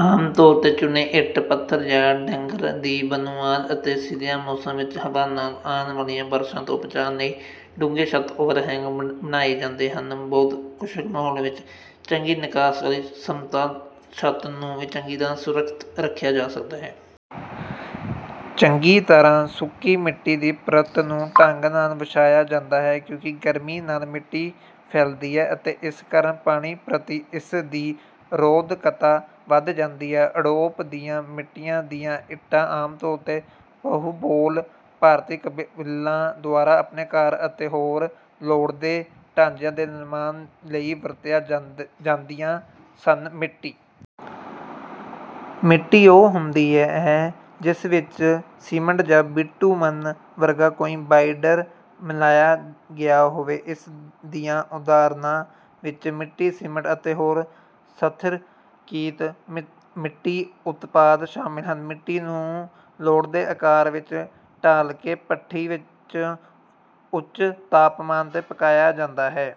ਆਮ ਤੌਰ ’ਤੇ ਚੂਨੇ, ਇੱਟ, ਪੱਥਰ ਜਾਂ ਡੰਗਰ ਦੀ ਬੁਨਿਆਦ ਅਤੇ ਸਿੱਲ੍ਹੇ ਮੌਸਮ ਵਿੱਚ ਹਵਾ ਨਾਲ ਆਉਣ ਵਾਲੀਆਂ ਬਾਰਸ਼ਾਂ ਤੋਂ ਬਚਾਅ ਲਈ ਡੂੰਘੇ ਛੱਤ-ਓਵਰਹੈਂਗ ਬਣਾਏ ਜਾਂਦੇ ਹਨ। ਬਹੁਤ ਖੁਸ਼ਕ ਮਾਹੌਲ ਵਿੱਚ ਚੰਗੀ ਨਿਕਾਸ ਵਾਲੀ ਸਮਤਲ ਛੱਤ ਨੂੰ ਵੀ ਚੰਗੀ ਤਰ੍ਹਾਂ ਸੁਰੱਖਿਅਤ ਰੱਖਿਆ ਜਾ ਸਕਦਾ ਹੈ। ਚੰਗੀ ਤਰ੍ਹਾਂ ਸੁੱਕੀ ਮਿੱਟੀ ਦੀ ਪਰਤ ਨੂੰ ਢੰਗ ਨਾਲ ਵਿਛਾਇਆ ਜਾਂਦਾ ਹੈ, ਕਿਉਂਕਿ ਗਰਮੀ ਨਾਲ ਮਿੱਟੀ ਫੈਲਦੀ ਹੈ ਅਤੇ ਇਸ ਕਾਰਨ ਪਾਣੀ ਪ੍ਰਤੀ ਇਸ ਦੀ ਰੋਧਕਤਾ ਵਧ ਜਾਂਦੀ ਹੈ ਅਡੋਬ ਦੀਆਂ ਮਿੱਟੀ ਦੀਆਂ ਇੱਟਾਂ ਆਮ ਤੌਰ ’ਤੇ ਪਿਊਬਲੋ ਭਾਰਤੀ ਕਬੀਲਿਆਂ ਦੁਆਰਾ ਆਪਣੇ ਘਰਾਂ ਅਤੇ ਹੋਰ ਲੋੜਦੇ ਢਾਂਚਿਆਂ ਦੇ ਨਿਰਮਾਣ ਲਈ ਵਰਤੀਆਂ ਜਾਂਦੀਆਂ ਸਨ। ਮਿੱਟੀ ਮਿੱਟੀ ਉਹ ਹੁੰਦੀ ਹੈ ਜਿਸ ਵਿੱਚ ਸੀਮੈਂਟ ਜਾਂ ਬਿਟੂਮਨ ਵਰਗਾ ਕੋਈ ਬਾਈਡਰ ਮਿਲਾਇਆ ਗਿਆ ਹੋਵੇ। ਇਸ ਦੀਆਂ ਉਦਾਹਰਨਾਂ ਵਿੱਚ ਮਿੱਟੀ-ਸੀਮੈਂਟ ਅਤੇ ਹੋਰ ਸਥਿਰਕ੍ਰਿਤ ਮਿੱਟੀ ਉਤਪਾਦ ਸ਼ਾਮਲ ਹਨ। ਮਿੱਟੀ ਨੂੰ ਲੋੜਦੇ ਆਕਾਰ ਵਿੱਚ ਢਾਲ ਕੇ ਭੱਠੀ ਵਿੱਚ ਉੱਚ ਤਾਪਮਾਨ ’ਤੇ ਪਕਾਇਆ ਜਾਂਦਾ ਹੈ।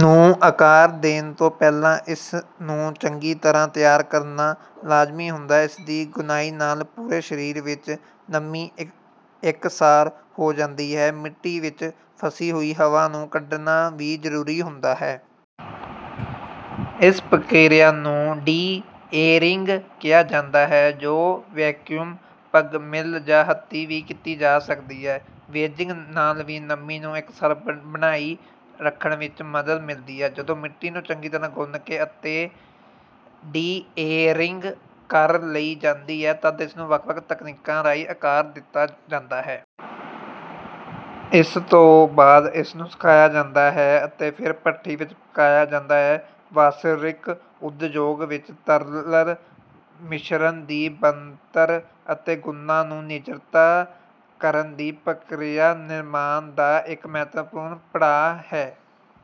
ਨੂੰ ਆਕਾਰ ਦੇਣ ਤੋਂ ਪਹਿਲਾਂ ਇਸ ਨੂੰ ਚੰਗੀ ਤਰ੍ਹਾਂ ਤਿਆਰ ਕਰਨਾ ਲਾਜ਼ਮੀ ਹੁੰਦਾ ਹੈ। ਇਸ ਦੀ ਗੁੰਨਾਈ ਨਾਲ ਪੂਰੇ ਸਰੀਰ ਵਿੱਚ ਨਮੀ ਇੱਕਸਾਰ ਹੋ ਜਾਂਦੀ ਹੈ। ਮਿੱਟੀ ਵਿੱਚ ਫਸੀ ਹੋਈ ਹਵਾ ਨੂੰ ਕੱਢਣਾ ਵੀ ਜ਼ਰੂਰੀ ਹੁੰਦਾ ਹੈ। ਇਸ ਪ੍ਰਕਿਰਿਆ ਨੂੰ ਡੀ-ਏਅਰਿੰਗ ਕਿਹਾ ਜਾਂਦਾ ਹੈ, ਜੋ ਵੈਕਿਊਮ ਪਗ ਮਿਲ ਜਾਂ ਹੱਥੀਂ ਵੀ ਕੀਤੀ ਜਾ ਸਕਦੀ ਹੈ। ਵੇਜਿੰਗ ਨਾਲ ਵੀ ਨਮੀ ਨੂੰ ਇੱਕਸਾਰ ਬਣਾਈ ਰੱਖਣ ਵਿੱਚ ਮਦਦ ਮਿਲਦੀ ਹੈ। ਜਦੋਂ ਮਿੱਟੀ ਨੂੰ ਚੰਗੀ ਤਰ੍ਹਾਂ ਗੁੰਨ ਕੇ ਅਤੇ ਡੀ-ਏਅਰਿੰਗ ਕਰ ਲਈ ਜਾਂਦੀ ਹੈ, ਤਦ ਇਸ ਨੂੰ ਵੱਖ-ਵੱਖ ਤਕਨੀਕਾਂ ਰਾਹੀਂ ਆਕਾਰ ਦਿੱਤਾ ਜਾਂਦਾ ਹੈ। ਇਸ ਤੋਂ ਬਾਅਦ ਇਸ ਨੂੰ ਸੁਕਾਇਆ ਜਾਂਦਾ ਹੈ ਅਤੇ ਫਿਰ ਭੱਠੀ ਵਿੱਚ ਪਕਾਇਆ ਜਾਂਦਾ ਹੈ ਵਸਰਾਵਿਕ ਉਦਯੋਗ ਵਿੱਚ ਤਰਲ ਮਿਸ਼ਰਣ ਦੀ ਬਣਤਰ ਅਤੇ ਗੁਣਾਂ ਨੂੰ ਨਿਯੰਤਰਿਤ ਕਰਨ ਦੀ ਪ੍ਰਕਿਰਿਆ ਨਿਰਮਾਣ ਦਾ ਇੱਕ ਮਹੱਤਵਪੂਰਨ ਪੜਾਅ ਹੈ।